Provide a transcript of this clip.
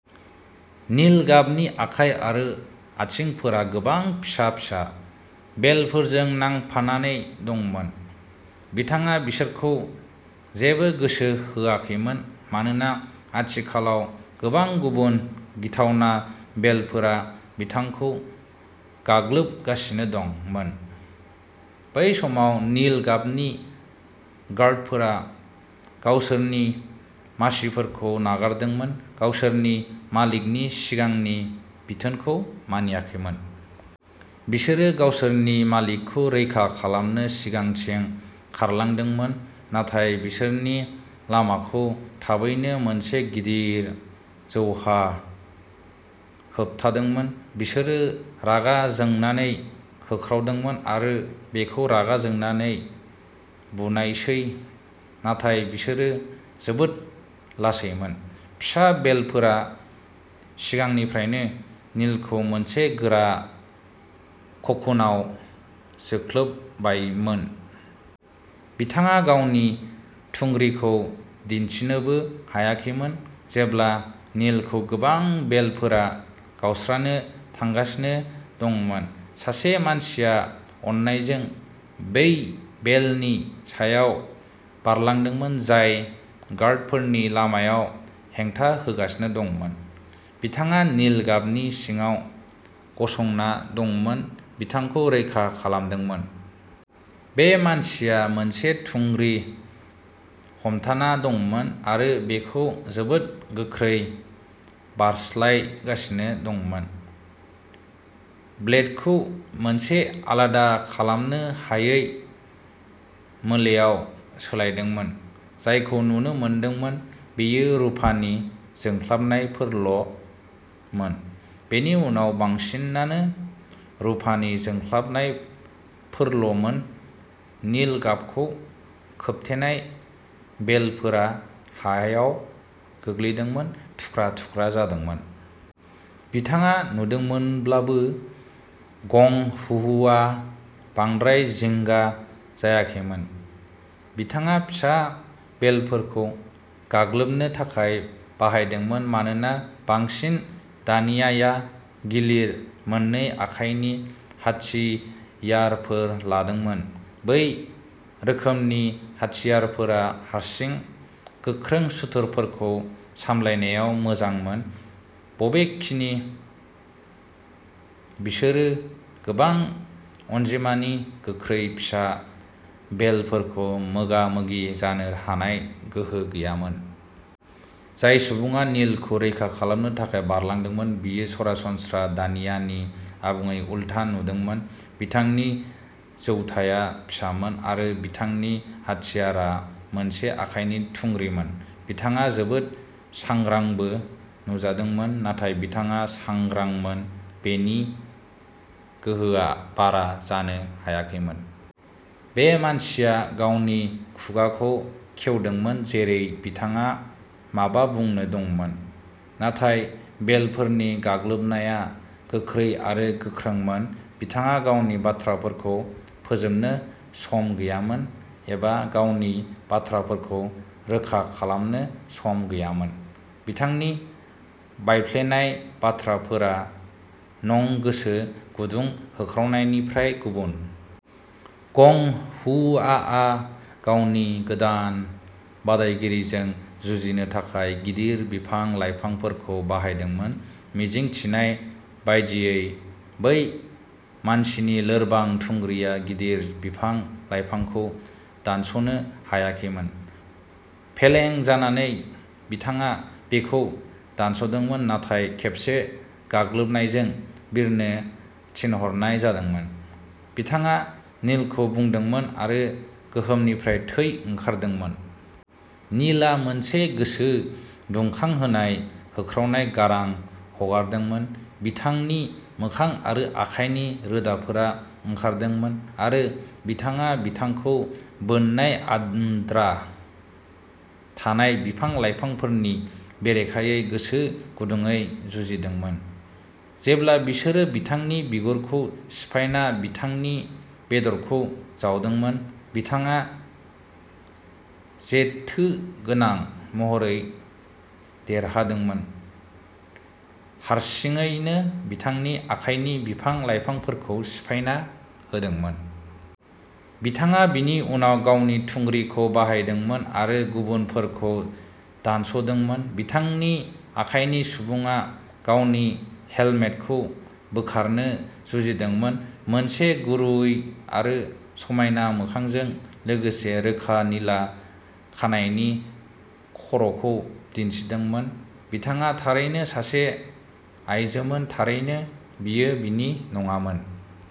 नील गाबनि आखाइ आरो आथिंफोरा गोबां फिसा-फिसा बेलफोरजों नांफानानै दंमोन। बिथाङा बिसोरखौ जेबो गोसो होआखैमोन, मानोना आथिखालाव गोबां गुबुन गिथावना बेलफोरा बिथांखौ गाग्लोबगासिनो दंमोन। बै समाव, नील गाबनि गार्डफोरा गावसोरनि मासिफोरखौ नागारदोंमोन, गावसोरनि मालिकनि सिगांनि बिथोनखौ मानियाखैमोन। बिसोरो गावसोरनि मालिकखौ रैखा खालामनो सिगांथिं खारलांदोंमोन, नाथाय बिसोरनि लामाखौ थाबैनो मोनसे गिदिर जौआ होबथादोंमोन। बिसोरो रागा जोंनानै होख्रावदोंमोन, आरो बेखौ रागा जोंनानै बुनायसै। नाथाय बिसोरो जोबोद लासैमोन फिसा बेलफोरा सिगांनिफ्रायनो नीलखौ मोनसे गोरा ककुनआव जोख्लोबबायमोन। बिथाङा गावनि थुंग्रिखौ दिन्थिनोबो हायाखैमोन। जेब्ला नीलखौ गोबां बेलफोरा गावस्रानो थांगासिनो दंमोन, सासे मानसिया अननायजों बै बेलनि सायाव बारलांदोंमोन जाय गार्डफोरनि लामायाव हेंथा होगासिनो दंमोन। बिथाङा नील गाबनि सिगाङाव गसंना दंमोन, बिथांखौ रैखा खालामदोंमोन। बे मानसिया मोनसे थुंग्रि हमथाना दंमोन, आरो बेखौ जोबोद गोख्रै बारस्लायगासिनो दंमोन, ब्लेडखौ मोनसे आलादा खालामनो हायै मोलेआव सोलायदोंमोन। जायखौ नुनो मोनदोंमोन बेयो रुफानि जोंख्लाबनायफोरल'मोन। बेनि उनाव, बांसिनानो रुफानि जोंख्लाबनायफोरल'मोन। नील गाबखौ खोबथेनाय बेलफोरा हायाव गोग्लैदोंमोन, थुख्रा-थुख्रा जादोंमोन। बिथाङा नुदोंमोनब्लाबो, गं हुआआ बांद्राय जिंगा जायाखैमोन। बिथाङा फिसा बेलफोरखौ गाग्लोबनो थाखाय बाहायदोंमोन मानोना बांसिन दानियाया गिलिर मोन्नै आखाइनि हाथियारफोर लादोंमोन। बै रोखोमनि हाथियारफोरा हारसिं, गोख्रों सुथुरफोरखौ सामलायनायाव मोजांमोन। बबेखानि, बिसोरो गोबां अनजिमानि गोख्रै फिसा बेलफोरखौ मोगा-मोगि जानो हानाय गोहो गैयामोन। जाय सुबुङा नीलखौ रैखा खालामनो थाखाय बारलांदोंमोन, बियो सरासनस्रा दानियानि आबुङै उल्था नुदोंमोन। बिथांनि जौथाया फिसामोन, आरो बिथांनि हाथियारआ मोनसे आखाइनि थुंग्रिमोन। बिथाङा जोबोद सांग्रांबो नुजादोंमोन। नाथाय बिथाङा सांग्रांमोन, बिनि गोहोआ बारा जानो हायाखैमोन। बे मानसिया गावनि खुगाखौ खेवदोंमोन, जेरै बिथाङा माबा बुंनो दंमोन। नाथाय बेलफोरनि गाग्लोबनाया गोख्रै आरो गोख्रोंमोन। बिथाङा गावनि बाथ्राफोरखौ फोजोबनो सम गैयामोन, एबा गावनि बाथ्राफोरखौ रोखा खालामनो सम गैयामोन। बिथांनि बायफ्लेनाय बाथ्राफोरा नं गोसो गुदुं होख्रावनायनिफ्राय गुबुन। गं हुआआ गावनि गोदान बादायगिरिजों जुजिनो थाखाय गिदिर बिफां-लाइफांफोरखौ बाहायदोंमोन। मिजिं थिनाय बायदियै, बै मानसिनि लोरबां थुंग्रिआ गिदिर बिफां-लाइफांखौ दानस'नो हायाखैमोन। फेलें जानानै, बिथाङा बेखौ दानस'दोंमोन, नाथाय खेबसे गाग्लोबनायजों बिरनो थिनहरनाय जादोंमोन। बिथाङा नीलखौ बुदोंमोन, आरो गोहोमनिफ्राय थै ओंखारदोंमोन। नीलआ मोनसे गोसो दुंखांहोनाय होख्रावनाय गारां हगारदोंमोन। बिथांनि मोखां आरो आखाइनि रोदाफोरा ओंखारदोंमोन, आरो बिथाङा बिथांखौ बोननाय आद्रा थानाय बिफां-लाइफांफोरनि बेरेखायै गोसो गुदुंयै जुजिदोंमोन। जेब्ला बिसोरो बिथांनि बिगुरखौ सिफायना बिथांनि बेदरखौ जावदोंमोन, बिथाङा जेथोगोनां महरै देरहादोंमोन, हारसिङैनो बिथांनि आखाइनि बिफां-लाइफांफोरखौ सिफायना होदोंमोन। बिथाङा बिनि उनाव गावनि थुंग्रिखौ बाहायदोंमोन आरो गुबुनफोरखौ दानस'दोंमोन। बिथांनि आखाइनि सुबुङा गावनि हेलमेटखौ बोखारनो जुजिदोंमोन, मोनसे गुरै आरो समायना मोखांजों लोगोसे रोखा निला खानाइनि खर'खौ दिन्थिदोंमोन बिथाङा थारैनो सासे आइजोमोन थारैनो, बियो बिनि नङामोन।